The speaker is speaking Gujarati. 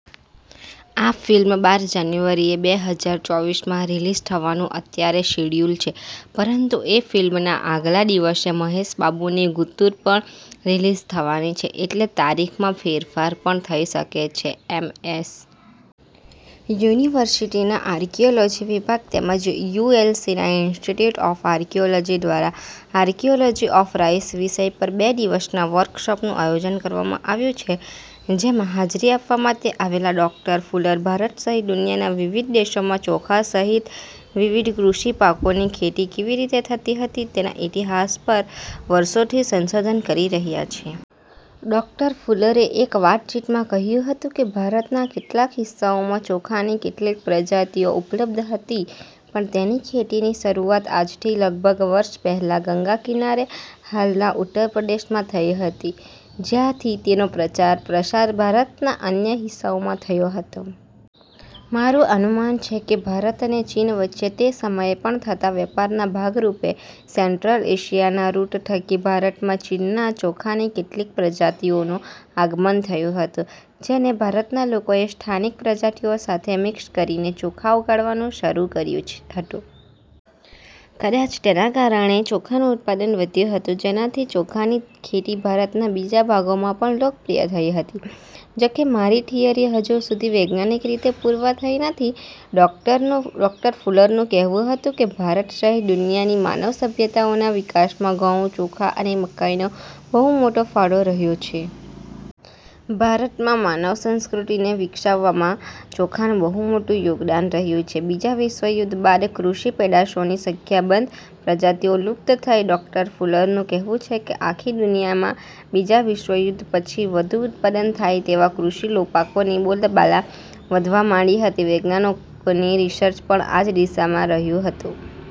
આ ફિલ્મ બાર જાન્યુઆરીએ બે હજાર ચોવીસમાં રીલિઝ થવાનું અત્યારે શિડ્યુલ છે. પરંતુ એ ફિલ્મના આગલા દિવસે મહેશ બાબુની ગુંતુર પણ રીલિઝ થવાની છે, એટલે તારીખમાં ફેરફાર પણ થઈ શકે છે. એમ. એસ. યુનિવર્સિટીના આર્કિઓલોજી વિભાગ તેમજ યુએલસીના ઈન્સ્ટિટયુટ ઓફ આર્કિઓલોજી દ્વારા આર્કિઓલોજી ઓફ રાઈસ વિષય પર બે દિવસના વર્કશોપનુ આયોજન કરવામાં આવ્યુ છે. જેમાં હાજરી આપવા માટે આવેલા ડૉક્ટર ફુલર ભારત સહિત દુનિયાના વિવિધ દેશોમાં ચોખા સહિત વિવિધ કૃષિ પાકોની ખેતી કેવી રીતે થતી હતી તેના ઈતિહાસ પર વર્ષોથી સંશોધન કરી રહ્યા છે. ડૉક્ટર ફુલરે એક વાતચીતમાં કહ્યું હતું કે, ભારતના કેટલાક હિસ્સાઓમાં ચોખાની કેટલીક પ્રજાતિઓ ઉપલબ્ધ હતી પણ તેની ખેતીની શરુઆત આજથી લગભગ વર્ષ પહેલા ગંગા કિનારે હાલના ઉત્તરપ્રદેશમાં થઈ હતી. જ્યાંથી તેનો પ્રચાર પ્રસાર ભારતના અન્ય હિસ્સાઓમાં થયો હતો. મારુ અનુમાન છે કે ભારત અને ચીન વચ્ચે તે સમયે પણ થતા વેપારના ભાગરુપે સેન્ટ્રલ એશિયાના રુટ થકી ભારતમાં ચીનના ચોખાની કેટલીક પ્રજાતિઓનુ આગમન થયુ હતુ. જેને ભારતના લોકોએ સ્થાનિક પ્રજાતિઓ સાથે મિક્સ કરીને ચોખા ઉગાડવાનુ શરુ કર્યુ છે હતુ. કદાચ તેના કારણે ચોખાનુ ઉત્પાદન વધ્યુ હતુ. જેનાથી ચોખાની ખેતી ભારતના બીજા ભાગોમાં પણ લોકપ્રિય થઈ હતી. જોકે મારી થીયરી હજુ સુધી વૈજ્ઞાાનિક રીતે પૂરવાર થઈ નથી. ડૉક્ટરનું ડોકટર ફુલરનુ કહેવુ હતું કે ભારત સહિત દુનિયાની માનવ સભ્યતાઓના વિકાસમાં ઘઉં, ચોખા અને મકાઈનો બહુ મોટો ફાળો રહ્યો છે. ભારતમાં માનવ સંસ્કૃતિને વિકસાવવામાં ચોખાનુ બહુ મોટુ યોગદાન રહ્યુ છે. બીજા વિશ્વયુધ્ધ બાદ કૃષિ પેદાશોની સંખ્યાબંધ પ્રજાતિઓ લુપ્ત થઈ ડો. ફુલરનુ કહેવુ છે કે આખી દુનિયામાં બીજા વિશ્વયુધ્ધ પછી વધુ ઉત્પાદન થાય તેવા કૃષિ લો પાકોની બોલબાલા વધવા માંડી હતી. વૈજ્ઞાાનિકોની રિસર્ચ પણ આ જ દિશામાં રહ્યુ હતુ.